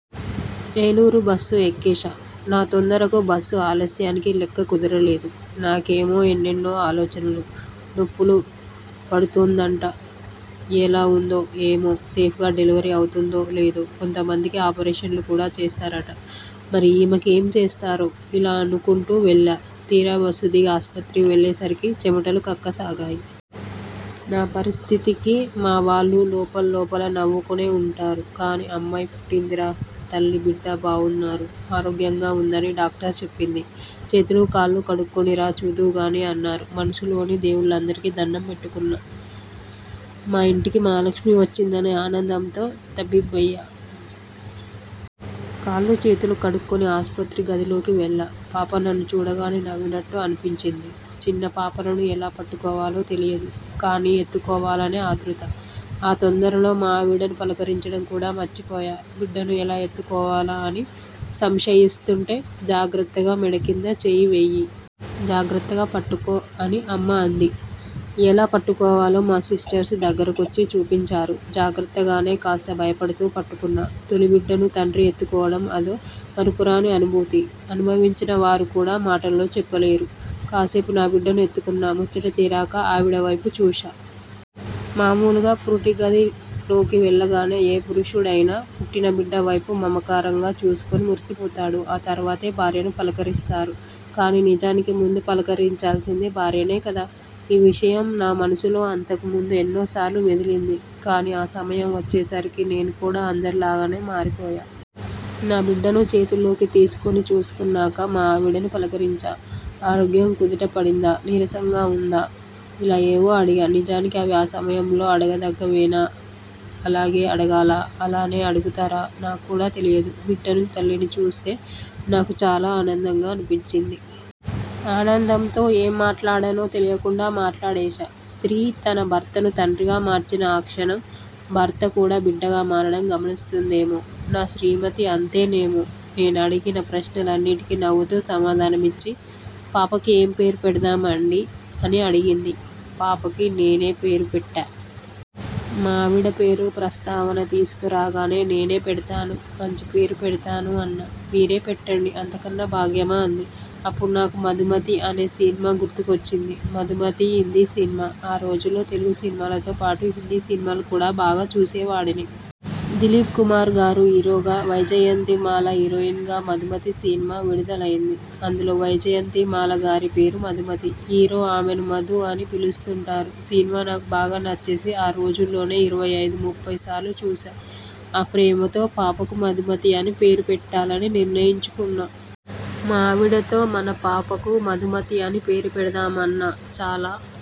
Eluru bus ఎక్కేశా. నా తొందరకు, బస్సు ఆలస్యానికి లెక్క కుదరలేదు. నాకేమో ఎన్నెన్నో ఆలోచనలు.. 'నొప్పులు పడుతోందంట, ఎలా ఉందో? ఏమో? సేఫ్గా డెలివరీ అవుతుందో లేదో? కొంతమందికి ఆపరేషన్లు కూడా చేస్తారట. మరి ఈమెకు ఏం చేస్తారో? 'ఇలా అనుకుంటూ వెళ్లా.. తీరా బస్సు దిగి ఆసుపత్రికి వెళ్లేసరికి చెమటలు కక్కసాగాయి. నా పరిస్థితికి మా వాళ్లు లోపల్లోపల నవ్వుకునే ఉంటారు. కానీ 'అమ్మాయి పుట్టిందిరా. తల్లీ బిడ్డా బావున్నారు. ఆరోగ్యంగా ఉందని డాక్టర్ చెప్పింది. చేతులు కాళ్లు కడుక్కుని రా.. చూద్దువు గానీ' అన్నారు. మనసులోనే దేవుళ్లందరికీ దణ్ణం పెట్టుకున్నా. 'మా ఇంటికి మహాలక్ష్మి వచ్చిందనే ఆనందంతో తబ్బిబ్బయ్యా. కాళ్లూ చేతులూ కడుక్కుని ఆసుపత్రి గదిలోకి వెళ్లా. పాప నన్ను చూడగానే నవ్వినట్టు అనిపించింది. చిన్న పాపలను ఎలా పట్టుకోవాలో తెలియదు. కానీ ఎత్తుకోవాలనే ఆతృత. ఆ తొందరలో మా ఆవిడను పలకరించడం కూడా మర్చిపోయా. బిడ్డను ఎలా ఎత్తుకోవాలా? అని సంశయిస్తుంటే.. 'జాగ్రత్తగా మెడకింద చెయ్యివేయి. జాగ్రత్తగా పట్టుకో' అని అమ్మ అంది. ఎలా పట్టుకోవాలో మా సిస్టర్స్ దగ్గరకొచ్చి చూపించారు. జాగ్రత్తగానే, కాస్త భయపడుతూ పట్టుకున్నా. తొలి బిడ్డను తండ్రి ఎత్తుకోవడం.. అదో మరపురాని అనుభూతి. అనుభవించిన వారు కూడా మాటల్లో చెప్పలేరు. కాసేపు నాబిడ్డను ఎత్తుకున్న ముచ్చట తీరాక ఆవిడవైపు చూశా. మామూలుగా పురిటి గది లోకి వెళ్లగానే ఏ పురుషుడైనా పుట్టినబిడ్డ వైపు మమకారంగా చూసుకుని మురిసిపోతాడు. ఆ తర్వాతే భార్యను పలకరిస్తారు. కానీ నిజానికి ముందు పలకరించాల్సింది భార్యనే కదా.. ఈ విషయం నా మనసులో అంతకు ముందు ఎన్నోసార్లు మెదిలింది. కానీ ఆ సమయం వచ్చే సరికి నేను కూడా అందరి లాగానే మారిపోయా. నా బిడ్డను చేతుల్లోకి తీసుకుని చూసుకున్నాక, మా ఆవిడను పలకరించా. 'ఆరోగ్యం కుదుట పడిందా? నీరసంగా ఉందా?.. ' ఇలా ఏవో అడిగా. నిజానికి అవి ఆ సమయంలో అడగదగ్గవేనా? అలాగే అడగాలా? అలానే అడుగుతారా? నాక్కూడా తెలియదు. బిడ్డనూ, తల్లినీ చూస్తే నాకు చాలా ఆనందంగా అనిపించింది. ఆనందంతో ఏం మాట్లాడానో తెలియకుండా మాట్లాడేశా. స్త్రీ తన భర్తను తండ్రిగా మార్చిన ఆ క్షణం, భర్త కూడా బిడ్డగా మారడం గమనిస్తుందేమో. నా శ్రీమతీ అంతేనేమో. నేనడిగిన ప్రశ్నలు అన్నిటికీ నవ్వుతూ సమాధానమిచ్చి 'పాపకి ఏం పేరు పెడదామండీ' అని అడిగింది. పాపకి నేనే పేరు పెట్టా! మా ఆవిడ 'పేరు' ప్రస్తావన తీసుకురాగానే 'నేనే పెడతాను. మంచి పేరు పెడతాను' అన్నా. 'మీరే పెట్టండి. అంతకన్నా భాగ్యమా' అంది. అప్పుడు నాకు 'మధుమతి' అనే సినిమా గుర్తుకొచ్చింది. 'మధుమతి' హిందీ సినిమా. ఆ రోజుల్లో తెలుగు సినిమాలతో పాటు హిందీ సినిమాలు కూడా బాగా చూసేవాడిని. దిలీప్ కుమార్ గారు హీరోగా, వైజయంతి మాల హీరోయిన్గా 'మధుమతి' సినిమా విడుదలైంది. అందులో వైజయంతి మాల గారి పేరు మధుమతి. హీరో ఆమెను మధూ అని పిలుస్తుంటారు. సినిమా నాకు బాగా నచ్చేసి ఆరోజుల్లోనే ఇరవై ఐదు, ముప్పై సార్లు చూశా. ఆ ప్రేమతో పాపకు మధుమతి అని పేరు పెట్టాలని నిర్ణయించుకున్నా. మా ఆవిడతో 'మన పాపకు మధుమతి అని పేరు పెడదాం' అన్నా. 'చాలా